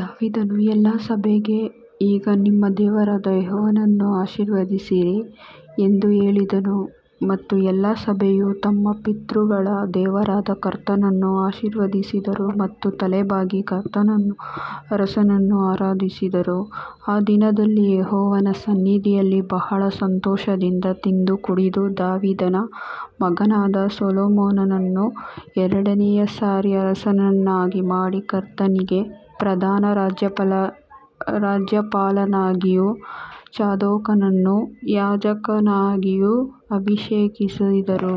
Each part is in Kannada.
ದಾವೀದನು ಎಲ್ಲಾ ಸಭೆಗೆ ಈಗ ನಿಮ್ಮ ದೇವರಾದ ಯೆಹೋವನನ್ನು ಆಶೀರ್ವದಿಸಿರಿ ಎಂದು ಹೇಳಿದನು ಮತ್ತು ಎಲ್ಲಾ ಸಭೆಯು ತಮ್ಮ ಪಿತೃಗಳ ದೇವರಾದ ಕರ್ತನನ್ನು ಆಶೀರ್ವದಿಸಿದರು ಮತ್ತು ತಲೆಬಾಗಿ ಕರ್ತನನ್ನೂ ಅರಸನನ್ನೂ ಆರಾಧಿಸಿದರು. ಆ ದಿನದಲ್ಲಿ ಯೆಹೋವನ ಸನ್ನಿಧಿಯಲ್ಲಿ ಬಹಳ ಸಂತೋಷದಿಂದ ತಿಂದು ಕುಡಿದು ದಾವೀದನ ಮಗನಾದ ಸೊಲೊಮೋನನನ್ನು ಎರಡನೆಯ ಸಾರಿ ಅರಸನನ್ನಾಗಿ ಮಾಡಿ ಕರ್ತನಿಗೆ ಪ್ರಧಾನ ರಾಜ್ಯಪಾಲನಾಗಿಯೂ ಚಾದೋಕನನ್ನು ಯಾಜಕನಾಗಿಯೂ ಅಭಿಷೇಕಿಸಿದರು.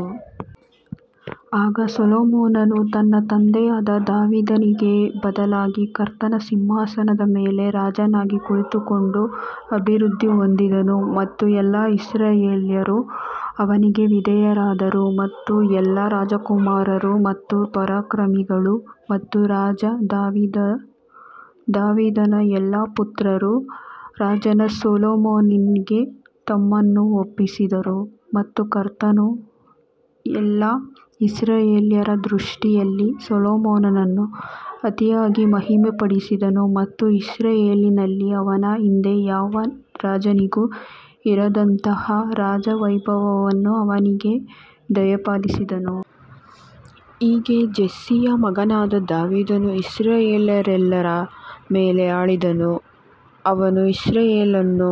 ಆಗ ಸೊಲೊಮೋನನು ತನ್ನ ತಂದೆಯಾದ ದಾವೀದನಿಗೆ ಬದಲಾಗಿ ಕರ್ತನ ಸಿಂಹಾಸನದ ಮೇಲೆ ರಾಜನಾಗಿ ಕುಳಿತುಕೊಂಡು ಅಭಿವೃದ್ಧಿ ಹೊಂದಿದನು ಮತ್ತು ಎಲ್ಲಾ ಇಸ್ರಾಯೇಲ್ಯರು ಅವನಿಗೆ ವಿಧೇಯರಾದರು. ಮತ್ತು ಎಲ್ಲಾ ರಾಜಕುಮಾರರು ಮತ್ತು ಪರಾಕ್ರಮಿಗಳು ಮತ್ತು ರಾಜ ದಾವೀದನ ಎಲ್ಲಾ ಪುತ್ರರು ರಾಜನಾದ ಸೊಲೊಮೋನನಿಗೆ ತಮ್ಮನ್ನು ಒಪ್ಪಿಸಿದರು. ಮತ್ತು ಕರ್ತನು ಎಲ್ಲಾ ಇಸ್ರಾಯೇಲ್ಯರ ದೃಷ್ಟಿಯಲ್ಲಿ ಸೊಲೊಮೋನನನ್ನು ಅತಿಯಾಗಿ ಮಹಿಮೆಪಡಿಸಿದನು ಮತ್ತು ಇಸ್ರಾಯೇಲಿನಲ್ಲಿ ಅವನ ಹಿಂದೆ ಯಾವ ರಾಜನಿಗೂ ಇರದಂತಹ ರಾಜ ವೈಭವವನ್ನು ಅವನಿಗೆ ದಯಪಾಲಿಸಿದನು. ಹೀಗೆ ಜೆಸ್ಸೆಯ ಮಗನಾದ ದಾವೀದನು ಇಸ್ರಾಯೇಲ್ಯರೆಲ್ಲರ ಮೇಲೆ ಆಳಿದನು ಅವನು ಇಸ್ರಾಯೇಲನ್ನು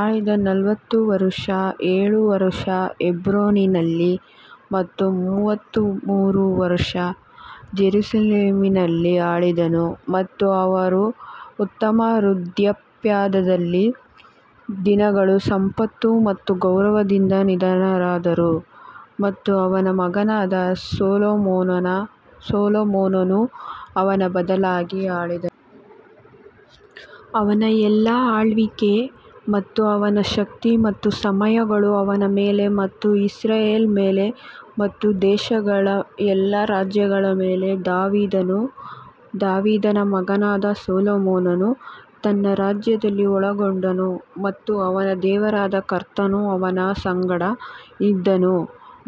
ಆಳಿದ ನಲವತ್ತು ವರುಷ ಏಳು ವರುಷ ಹೆಬ್ರೋನಿನಲ್ಲಿ ಮತ್ತು ಮೂವತ್ತಮೂರು ವರುಷ ಜೆರುಸಲೇಮಿನಲ್ಲಿ ಆಳಿದನು. ಮತ್ತು ಅವರು ಉತ್ತಮ ವೃದ್ಧಾಪ್ಯದಲ್ಲಿ ದಿನಗಳು ಸಂಪತ್ತು ಮತ್ತು ಗೌರವದಿಂದ ನಿಧನರಾದರು ಮತ್ತು ಅವನ ಮಗನಾದ ಸೊಲೊಮೋನನು ಅವನ ಬದಲಾಗಿ ಆಳಿದನು. ಅವನ ಎಲ್ಲಾ ಆಳ್ವಿಕೆ ಮತ್ತು ಅವನ ಶಕ್ತಿ ಮತ್ತು ಸಮಯಗಳು ಅವನ ಮೇಲೆ ಮತ್ತು ಇಸ್ರೇಲ್ ಮೇಲೆ ಮತ್ತು ದೇಶಗಳ ಎಲ್ಲಾ ರಾಜ್ಯಗಳ ಮೇಲೆ ದಾವೀದನ ಮಗನಾದ ಸೊಲೊಮೋನನು ತನ್ನ ರಾಜ್ಯದಲ್ಲಿ ಬಲಗೊಂಡನು ಮತ್ತು ಅವನ ದೇವರಾದ ಕರ್ತನು ಅವನ ಸಂಗಡ ಇದ್ದನು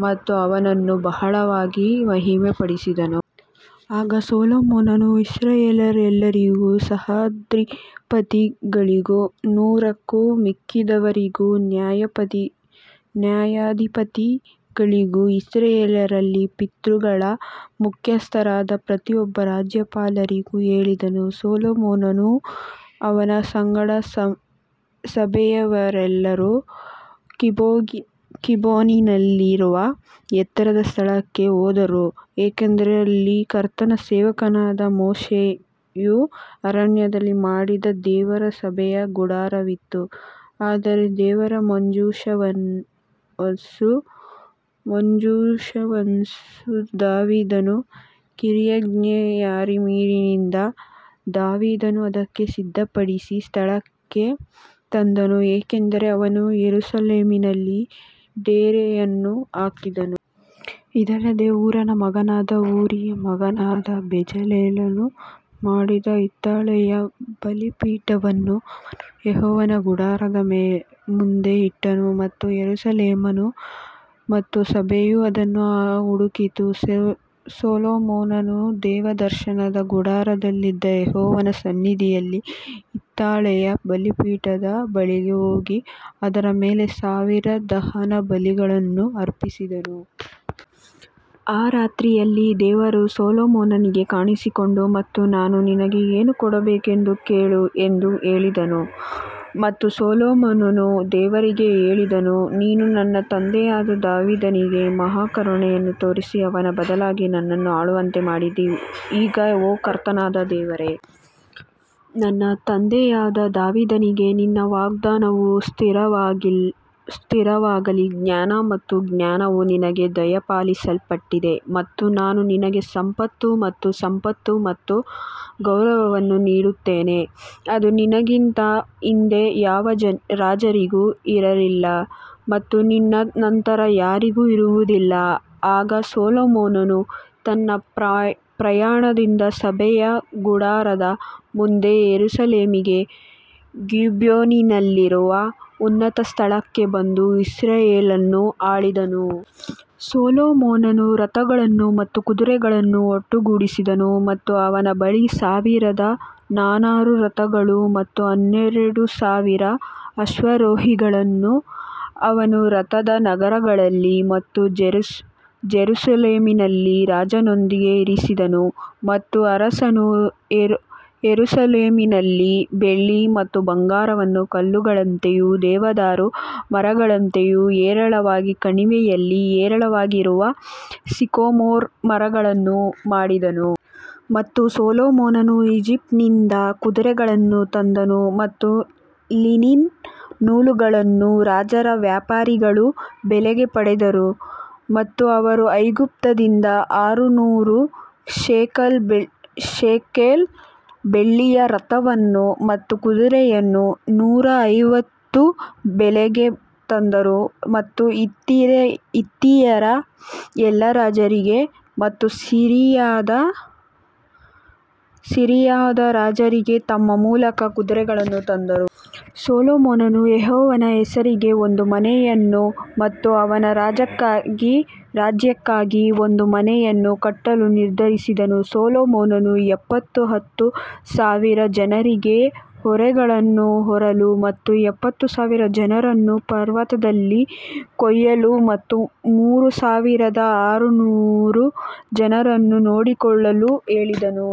ಮತ್ತು ಅವನನ್ನು ಬಹಳವಾಗಿ ಮಹಿಮೆಪಡಿಸಿದನು. ಆಗ ಸೊಲೊಮೋನನು ಇಸ್ರಾಯೇಲ್ಯರೆಲ್ಲರಿಗೂ ಸಹಸ್ರಾಧಿಪತಿಗಳಿಗೂ ನೂರಕ್ಕೂ ಮಿಕ್ಕಿದವರಿಗೂ ನ್ಯಾಯಾಧಿಪತಿಗಳಿಗೂ ಇಸ್ರಾಯೇಲ್ಯರಲ್ಲಿ ಪಿತೃಗಳ ಮುಖ್ಯಸ್ಥರಾದ ಪ್ರತಿಯೊಬ್ಬ ರಾಜ್ಯಪಾಲರಿಗೂ ಹೇಳಿದನು. ಸೊಲೊಮೋನನೂ ಅವನ ಸಂಗಡ ಸಭೆಯವರೆಲ್ಲರೂ ಗಿಬ್ಯೋನಿನಲ್ಲಿರುವ ಎತ್ತರದ ಸ್ಥಳಕ್ಕೆ ಹೋದರು ಏಕೆಂದರೆ ಅಲ್ಲಿ ಕರ್ತನ ಸೇವಕನಾದ ಮೋಶೆಯು ಅರಣ್ಯದಲ್ಲಿ ಮಾಡಿದ ದೇವರ ಸಭೆಯ ಗುಡಾರವಿತ್ತು. ಆದರೆ ದೇವರ ಮಂಜೂಷವನ್ನು ದಾವೀದನು ಕಿರ್ಯತ್ಜೆಯಾರೀಮಿನಿಂದ ದಾವೀದನು ಅದಕ್ಕೆ ಸಿದ್ಧಪಡಿಸಿದ ಸ್ಥಳಕ್ಕೆ ತಂದನು, ಏಕೆಂದರೆ ಅವನು ಯೆರೂಸಲೇಮಿನಲ್ಲಿ ಡೇರೆಯನ್ನು ಹಾಕಿದನು. ಇದಲ್ಲದೆ ಹೂರನ ಮಗನಾದ ಊರಿಯ ಮಗನಾದ ಬೆಜಲೇಲನು ಮಾಡಿದ ಹಿತ್ತಾಳೆಯ ಬಲಿಪೀಠವನ್ನು ಅವನು ಯೆಹೋವನ ಗುಡಾರದ ಮುಂದೆ ಇಟ್ಟನು ಮತ್ತು ಸೊಲೊಮೋನನು ಮತ್ತು ಸಭೆಯು ಅದನ್ನು ಹುಡುಕಿತು. ಸೊಲೊಮೋನನು ದೇವದರ್ಶನದ ಗುಡಾರದಲ್ಲಿದ್ದ ಯೆಹೋವನ ಸನ್ನಿಧಿಯಲ್ಲಿ ಹಿತ್ತಾಳೆಯ ಬಲಿಪೀಠದ ಬಳಿಗೆ ಹೋಗಿ ಅದರ ಮೇಲೆ ಸಾವಿರ ದಹನಬಲಿಗಳನ್ನು ಅರ್ಪಿಸಿದನು. ಆ ರಾತ್ರಿಯಲ್ಲಿ ದೇವರು ಸೊಲೊಮೋನನಿಗೆ ಕಾಣಿಸಿಕೊಂಡನು ಮತ್ತು ನಾನು ನಿನಗೆ ಏನು ಕೊಡಬೇಕೆಂದು ಕೇಳು ಎಂದು ಹೇಳಿದನು ಮತ್ತು ಸೊಲೊಮೋನನು ದೇವರಿಗೆ ಹೇಳಿದನು, ನೀನು ನನ್ನ ತಂದೆಯಾದ ದಾವೀದನಿಗೆ ಮಹಾ ಕರುಣೆಯನ್ನು ತೋರಿಸಿ ಅವನ ಬದಲಾಗಿ ನನ್ನನ್ನು ಆಳುವಂತೆ ಮಾಡಿದಿ. ಈಗ ಓ ಕರ್ತನಾದ ದೇವರೇ ನನ್ನ ತಂದೆಯಾದ ದಾವೀದನಿಗೆ ನಿನ್ನ ವಾಗ್ದಾನವು ಸ್ಥಿರವಾಗಲಿ ಜ್ಞಾನ ಮತ್ತು ಜ್ಞಾನವು ನಿನಗೆ ದಯಪಾಲಿಸಲ್ಪಟ್ಟಿದೆ ಮತ್ತು ನಾನು ನಿನಗೆ ಸಂಪತ್ತು ಮತ್ತು ಸಂಪತ್ತು ಮತ್ತು ಗೌರವವನ್ನು ನೀಡುತ್ತೇನೆ, ಅದು ನಿನಗಿಂತ ಹಿಂದೆ ಯಾವ ರಾಜರಿಗೂ ಇರಲಿಲ್ಲ ಮತ್ತು ನಿನ್ನ ನಂತರ ಯಾರಿಗೂ ಇರುವುದಿಲ್ಲ ಆಗ ಸೊಲೊಮೋನನು ತನ್ನ ಪ್ರಯಾಣದಿಂದ ಸಭೆಯ ಗುಡಾರದ ಮುಂದೆ ಯೆರೂಸಲೇಮಿಗೆ ಗಿಬ್ಯೋನಿನಲ್ಲಿರುವ ಉನ್ನತ ಸ್ಥಳಕ್ಕೆ ಬಂದು ಇಸ್ರಾಯೇಲನ್ನು ಆಳಿದನು. ಸೊಲೊಮೋನನು ರಥಗಳನ್ನು ಮತ್ತು ಕುದುರೆಗಳನ್ನು ಒಟ್ಟುಗೂಡಿಸಿದನು ಮತ್ತು ಅವನ ಬಳಿ ಸಾವಿರದ ನಾನೂರು ರಥಗಳು ಮತ್ತು ಹನ್ನೆರಡು ಸಾವಿರ ಅಶ್ವಾರೋಹಿಗಳನ್ನು ಅವನು ರಥದ ನಗರಗಳಲ್ಲಿ ಮತ್ತು ಜೆರುಸಲೇಮಿನಲ್ಲಿ ರಾಜನೊಂದಿಗೆ ಇರಿಸಿದನು. ಮತ್ತು ಅರಸನು ಯೆರೂಸಲೇಮಿನಲ್ಲಿ ಬೆಳ್ಳಿ ಮತ್ತು ಬಂಗಾರವನ್ನು ಕಲ್ಲುಗಳಂತೆಯೂ ದೇವದಾರು ಮರಗಳಂತೆಯೂ ಹೇರಳವಾಗಿ ಕಣಿವೆಯಲ್ಲಿ ಹೇರಳವಾಗಿರುವ ಸಿಕೊಮೊರ್ ಮರಗಳನ್ನು ಮಾಡಿದನು. ಮತ್ತು ಸೊಲೊಮೋನನು ಈಜಿಪ್ಟಿನಿಂದ ಕುದುರೆಗಳನ್ನು ತಂದನು ಮತ್ತು ಲಿನಿನ್ ನೂಲುಗಳನ್ನು ರಾಜರ ವ್ಯಾಪಾರಿಗಳು ಬೆಲೆಗೆ ಪಡೆದರು. ಮತ್ತು ಅವರು ಐಗುಪ್ತದಿಂದ ಆರು ನೂರು ಶೇಕೆಲ್ ಬೆಳ್ಳಿಯ ರಥವನ್ನು ಮತ್ತು ಕುದುರೆಯನ್ನು ನೂರ ಐವತ್ತು ಬೆಲೆಗೆ ತಂದರು ಮತ್ತು ಹಿತ್ತಿಯರ ಎಲ್ಲಾ ರಾಜರಿಗೆ ಮತ್ತು ಸಿರಿಯಾದ ರಾಜರಿಗೆ ತಮ್ಮ ಮೂಲಕ ಕುದುರೆಗಳನ್ನು ತಂದರು. ಸೊಲೊಮೋನನು ಯೆಹೋವನ ಹೆಸರಿಗೆ ಒಂದು ಮನೆಯನ್ನು ಮತ್ತು ಅವನ ರಾಜ್ಯಕ್ಕಾಗಿ ಒಂದು ಮನೆಯನ್ನು ಕಟ್ಟಲು ನಿರ್ಧರಿಸಿದನು ಸೊಲೊಮೋನನು ಎಪ್ಪತ್ತು ಹತ್ತು ಸಾವಿರ ಜನರಿಗೆ ಹೊರೆಗಳನ್ನು ಹೊರಲು ಮತ್ತು ಎಪ್ಪತ್ತು ಸಾವಿರ ಜನರನ್ನು ಪರ್ವತದಲ್ಲಿ ಕೊಯ್ಯಲು ಮತ್ತು ಮೂರು ಸಾವಿರದ ಆರುನೂರು ಜನರನ್ನು ನೋಡಿಕೊಳ್ಳಲು ಹೇಳಿದನು.